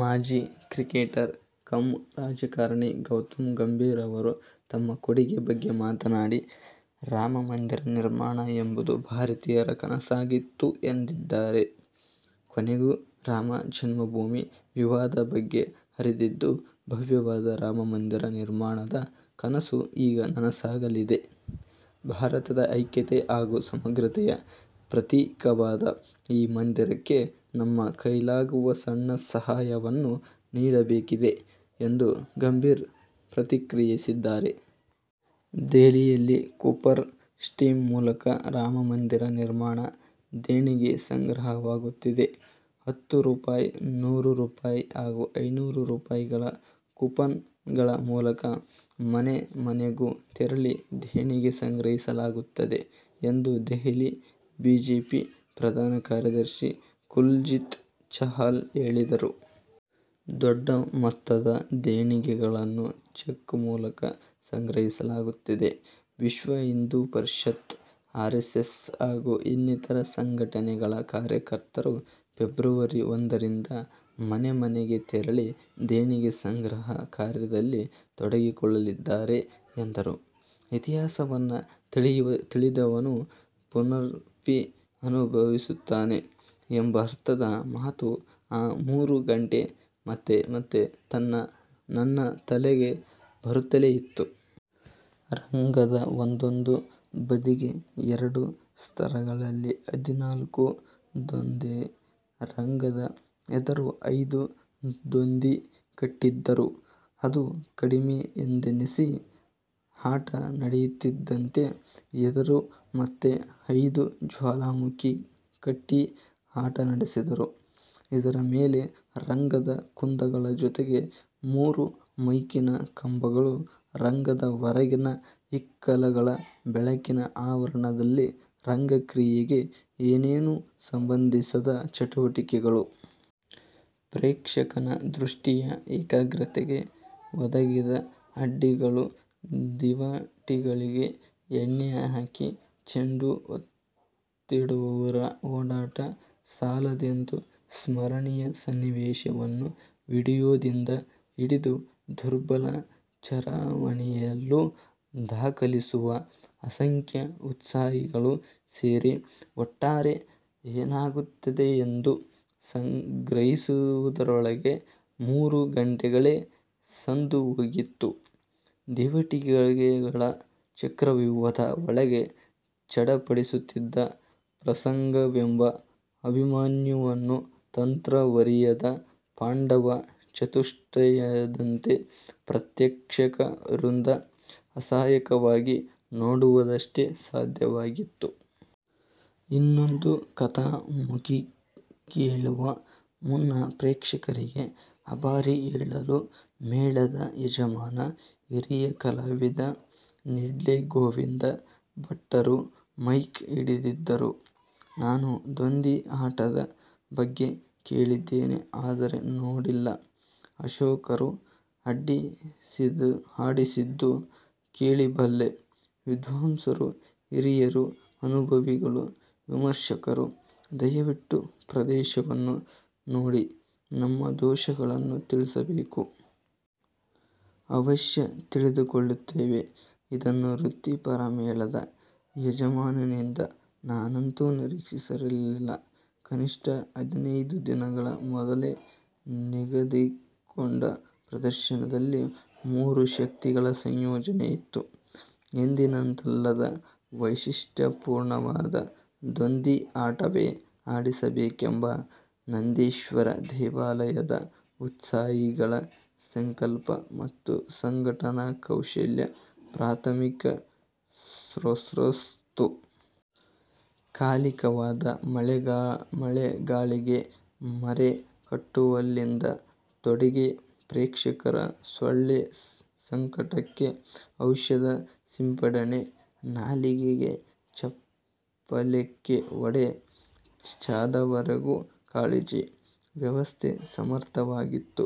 ಮಾಜಿ cricketer cum ರಾಜಕಾರಣಿ ಗೌತಮ್ ಗಂಭೀರ್ ಅವರು ತಮ್ಮ ಕೊಡುಗೆ ಬಗ್ಗೆ ಮಾತನಾಡಿ, ರಾಮ ಮಂದಿರ ನಿರ್ಮಾಣ ಎಂಬುದು ಭಾರತೀಯರ ಕನಸಾಗಿತ್ತು ಎಂದಿದ್ದಾರೆ. ''ಕೊನೆಗೂ ರಾಮ ಜನ್ಮ ಭೂಮಿ ವಿವಾದ ಬಗೆ ಹರಿದಿದ್ದು, ಭವ್ಯವಾದ ರಾಮ ಮಂದಿರ ನಿರ್ಮಾಣದ ಕನಸು ಈಗ ನನಸಾಗಲಿದೆ. ಭಾರತದ ಐಕ್ಯತೆ ಹಾಗೂ ಸಮಗ್ರತೆಯ ಪ್ರತೀಕವಾದ ಈ ಮಂದಿರಕ್ಕೆ ನಮ್ಮ ಕೈಲಾಗುವ ಸಣ್ಣ ಸಹಾಯವನ್ನು ನೀಡಬೇಕಿದೆ'' ಎಂದು ಗಂಭೀರ್ ಪ್ರತಿಕ್ರಿಯಿಸಿದ್ದಾರೆ. ದೆಹಲಿಯಲ್ಲಿ ಕೂಪರ್ ಸಿಸ್ಟಂ ಮೂಲಕ ರಾಮ ಮಂದಿರ ನಿರ್ಮಾಣ ದೇಣಿಗೆ ಸಂಗ್ರಹವಾಗುತ್ತಿದೆ. ಹತ್ತು ರೂಪಾಯಿ, ನೂರು ರೂಪಾಯಿ ಹಾಗೂ ಐನೂರು ರೂಪಾಯಿಗಳ ಕೂಪನ್ ಗಳ ಮೂಲಕ ಮನೆ ಮನೆಗೂ ತೆರಳಿ ದೇಣಿಗೆ ಸಂಗ್ರಹಿಸಲಾಗುತ್ತಿದೆ ಎಂದು ದೆಹಲಿ ಬಿಜೆಪಿ ಪ್ರಧಾನ ಕಾರ್ಯದರ್ಶಿ ಕುಲ್ ಜೀತ್ ಚಾಹಲ್ ಹೇಳಿದರು. ದೊಡ್ಡ ಮೊತ್ತದ ದೇಣಿಗೆಗಳನ್ನು ಚೆಕ್ ಮೂಲಕ್ ಸಂಗ್ರಹಿಸಲಾಗುತ್ತಿದೆ. ವಿಶ್ವಹಿಂದೂಪರಿಷತ್, ಆರೆಸ್ಸೆಸ್ ಹಾಗೂ ಇನ್ನಿತರ ಸಂಘಟನೆಗಳ ಕಾರ್ಯಕರ್ತರು ಫೆಬ್ರವರಿ ಒಂದರಿಂದ ಮನೆ ಮನೆಗೆ ತೆರಳಿ ದೇಣಿಗೆ ಸಂಗ್ರಹ ಕಾರ್ಯದಲ್ಲಿ ತೊಡಗಿಕೊಳ್ಳಲಿದ್ದಾರೆ ಎಂದರು. ಇತಿಹಾಸವನ್ನು ತಿಳಿಯದವನು ಪುನರಪಿ ಅನುಭವಿಸುತ್ತಾನೆ ಎಂಬರ್ಥದ ಮಾತು ಆ ಮೂರೂ ಗಂಟೆ ಮತ್ತೆ ಮತ್ತೆ ನನ್ನ ತಲೆಗೆ ಬರುತ್ತಲೇ ಇತ್ತು. ರಂಗದ ಒಂದೊಂದು ಬದಿಗೆ ಎರಡು ಸ್ತರಗಳಲ್ಲಿ ಹದಿನಾಲ್ಕು ದೊಂದಿ, ರಂಗದ ಎದುರು ಐದು ದೊಂದಿ ಕಟ್ಟಿದ್ದರು. ಅದೂ ಕಡಿಮೆ ಎಂದನ್ನಿಸಿ, ಆಟ ನಡೆಯುತ್ತಿದ್ದಂತೆ ಎದುರು ಮತ್ತೆ ಐದು ಜ್ವಾಲಾಮುಖಿ ಕಟ್ಟಿ ಆಟ ನಡೆಸಿದರು. ಇದರ ಮೇಲೆ ರಂಗದ ಕುಂದಗಳ ಜೊತೆಗೆ ಮೂರು ಮೈಕಿನ ಕಂಬಗಳು, ರಂಗದ ಹೊರಗಿನ ಇಕ್ಕೆಲಗಳ ಬೆಳಕಿನ ಆವರಣದಲ್ಲಿ ರಂಗಕ್ರಿಯೆಗೆ ಏನೇನೂ ಸಂಬಂಧಿಸದ ಚಟುವಟಿಕೆಗಳು. ಪ್ರೇಕ್ಷಕನ ದೃಷ್ಟಿಯ ಏಕಾಗ್ರತೆಗೆ ಒದಗಿದ ಅಡ್ಡಿಗಳು. ದೀವಟಿಗೆಗಳಿಗೆ ಎಣ್ಣೆ ಹಾಕಿ, ಚೆಂಡು ಒತ್ತಿಡುವವರ ಓಡಾಟ ಸಾಲದೆಂದು ಸ್ಮರಣೀಯ ಸನ್ನಿವೇಶವನ್ನು ವಿಡಿಯೋದಿಂದ ಹಿಡಿದು ದುರ್ಬಲ ಚರವಾಣಿಯಲ್ಲೂ ದಾಖಲಿಸುವ ಅಸಂಖ್ಯ ಉತ್ಸಾಹಿಗಳೂ ಸೇರಿ ಒಟ್ಟಾರೆ ಏನಾಗುತ್ತಿದೆಯೆಂದು ಗ್ರಹಿಸುವುದರೊಳಗೆ ಮೂರು ಗಂಟೆಗಳೇ ಸಂದು ಹೋಗಿತ್ತು. ದೀವಟಿಗೆಗಳ ಚಕ್ರವ್ಯೂಹದ ಒಳಗೆ ಚಡಪಡಿಸುತ್ತಿದ್ದ ಪ್ರಸಂಗವೆಂಬ ಅಭಿಮನ್ಯುವನ್ನು ತಂತ್ರವರಿಯದ ಪಾಂಡವ ಚತುಷ್ಟಯದಂತೆ ಪ್ರೇಕ್ಷಕ ವೃಂದ ಅಸಹಾಯಕವಾಗಿ ನೋಡುವುದಷ್ಟೇ ಸಾಧ್ಯವಾಗಿತ್ತು. ಇನ್ನೊಂದು ಕಥಾಮುಖಕ್ಕಿಳಿವ ಮುನ್ನ ಪ್ರೇಕ್ಷಕರಿಗೆ ಅಭಾರಿ ಹೇಳಲು ಮೇಳದ ಯಜಮಾನ, ಹಿರಿಯ ಕಲಾವಿದ ನಿಡ್ಳೆ ಗೋವಿಂದ ಭಟ್ಟರು ಮೈಕ್ ಹಿಡಿದಿದ್ದರು. "ನಾನು ದೊಂದಿ ಆಟದ ಬಗ್ಗೆ ಕೇಳಿದ್ದೇನೆ. ಆದರೆ ನೋಡಿಲ್ಲ. ಅಶೋಕರು ಆಡಿಸಿದ್ದು ಕೇಳಿಬಲ್ಲೆ. ವಿದ್ವಾಂಸರು, ಹಿರಿಯರು, ಅನುಭವಿಗಳು, ವಿಮರ್ಶಕರು ದಯವಿಟ್ಟು ಪ್ರದರ್ಶನವನ್ನು ನೋಡಿ ನಮ್ಮ ದೋಷಗಳನ್ನು ತಿಳಿಸಬೇಕು. ಅವಶ್ಯ ತಿದ್ದಿಕೊಳ್ಳುತ್ತೇವೆ. " ಇದನ್ನು ವೃತ್ತಿಪರ ಮೇಳದ ಯಜಮಾನನಿಂದ ನಾನಂತೂ ನಿರೀಕ್ಷಿಸಿರಲಿಲ್ಲ. ಕನಿಷ್ಠ ಹದಿನೈದು ದಿನಗಳ ಮೊದಲೇ ನಿಗದಿಕೊಂಡ ಪ್ರದರ್ಶನದಲ್ಲಿ ಮೂರು ಶಕ್ತಿಗಳ ಸಂಯೋಜನೆ ಇತ್ತು. ಎಂದಿನಂತಲ್ಲದ, ವೈಶಿಷ್ಟ್ಯಪೂರ್ಣವಾದ ದೊಂದಿ ಆಟವೇ ಆಡಿಸಬೇಕೆಂಬ ನಂದನೇಶ್ವರ ದೇವಾಲಯದ ಉತ್ಸಾಹಿಗಳ ಸಂಕಲ್ಪ ಮತ್ತು ಸಂಘಟನಾ ಕೌಶಲ್ಯ ಪ್ರಾಥಮಿಕ ಸ್ರೋತಸ್ಸು. ಕಾಲಿಕವಾದ ಮಳೆಗಾಳಿಗೆ ಮರೆ ಕಟ್ಟುವಲ್ಲಿಂದ ತೊಡಗಿ, ಪ್ರೇಕ್ಷಕರ ಸೊಳ್ಳೆ ಸಂಕಟಕ್ಕೆ ಔಷಧ ಸಿಂಪಡಣೆ, ನಾಲಿಗೆ ಚಾಪಲ್ಯಕ್ಕೆ ವಡೆ ಚಾದವರೆಗೂ ಕಾಳಜಿ, ವ್ಯವಸ್ಥೆ ಸಮರ್ಥವಾಗಿತ್ತು;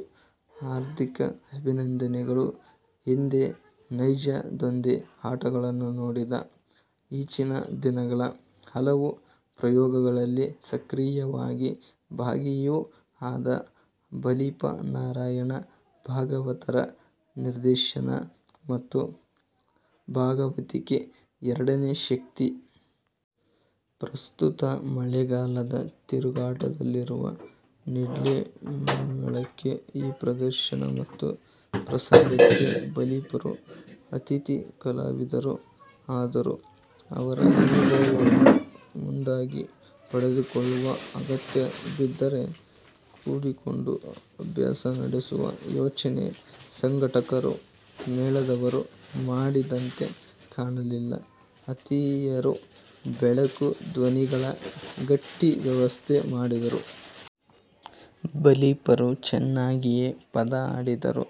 ಹಾರ್ದಿಕ ಅಭಿನಂದನೆಗಳು. ಹಿಂದೆ ನೈಜ ದೊಂದಿ ಆಟಗಳನ್ನು ನೋಡಿದ, ಈಚಿನ ದಿನಗಳ ಹಲವು ಪ್ರಯೋಗಗಳಲ್ಲಿ ಸಕ್ರಿಯವಾಗಿ ಭಾಗಿಯೂ ಆದ ಬಲಿಪ ನಾರಾಯಣ ಭಾಗವತರ ನಿರ್ದೇಶನ ಮತ್ತು ಭಾಗವತಿಕೆ ಎರಡನೇ ಶಕ್ತಿ. ಪ್ರಸ್ತುತ ಮಳೆಗಾಲದ ತಿರುಗಾಟದಲ್ಲಿರುವ ನಿಡ್ಳೆ ಮೇಳಕ್ಕೆ ಈ ಪ್ರದರ್ಶನ ಮತ್ತು ಪ್ರಸಂಗಕ್ಕೆ ಬಲಿಪರು ಅತಿಥಿ ಕಲಾವಿದರು. ಆದರೂ ಅವರ ಅನುಭವವನ್ನು ಮುಂದಾಗಿ ಪಡೆದುಕೊಳ್ಳುವ, ಅಗತ್ಯ ಬಿದ್ದರೆ ಕೂಡಿಕೊಂಡು ಅಭ್ಯಾಸ ನಡೆಸುವ ಯೋಚನೆ ಸಂಘಟಕರೂ ಮೇಳದವರೂ ಮಾಡಿದಂತೆ ಕಾಣಲಿಲ್ಲ. ಆತಿಥೇಯರು ಬೆಳಕು, ಧ್ವನಿಗಳ ಗಟ್ಟಿ ವ್ಯವಸ್ಥೆ ಮಾಡಿದ್ದರು. ಬಲಿಪರು ಚೆನ್ನಾಗಿಯೇ ಪದ ಹಾಡಿದರು.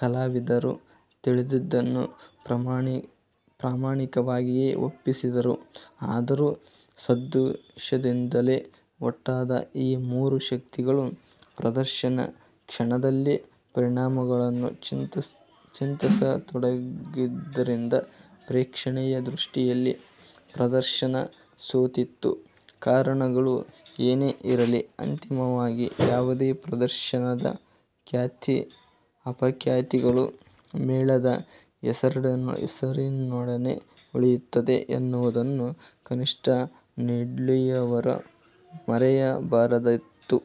ಕಲಾವಿದರು ತಿಳಿದದ್ದನ್ನು ಪ್ರಾಮಾಣಿಕವಾಗಿಯೇ ಒಪ್ಪಿಸಿದರು. ಆದರೂ ಸದುದ್ದೇಶದಿಂದಲೇ ಒಟ್ಟಾದ ಈ ಮೂರೂ ಶಕ್ತಿಗಳು ಪ್ರದರ್ಶನ ಕಣದಲ್ಲೇ ಪರಿಣಾಮಗಳನ್ನು ಚಿಂತಿಸತೊಡಗಿದ್ದರಿಂದ ಪ್ರೇಕ್ಷಣೆಯ ದೃಷ್ಟಿಯಲ್ಲಿ ಪ್ರದರ್ಶನ ಸೋತಿತು! ಕಾರಣಗಳು ಏನೇ ಇರಲಿ, ಅಂತಿಮವಾಗಿ ಯಾವುದೇ ಪ್ರದರ್ಶನದ ಖ್ಯಾತಿ ಅಪಖ್ಯಾತಿಗಳು ಮೇಳದ ಹೆಸರಿನೊಡನೆ ಉಳಿಯುತ್ತದೆ ಎನ್ನುವುದನ್ನು ಕನಿಷ್ಠ ನಿಡ್ಳೆಯವರು ಮರೆಯಬಾರದಿತ್ತು.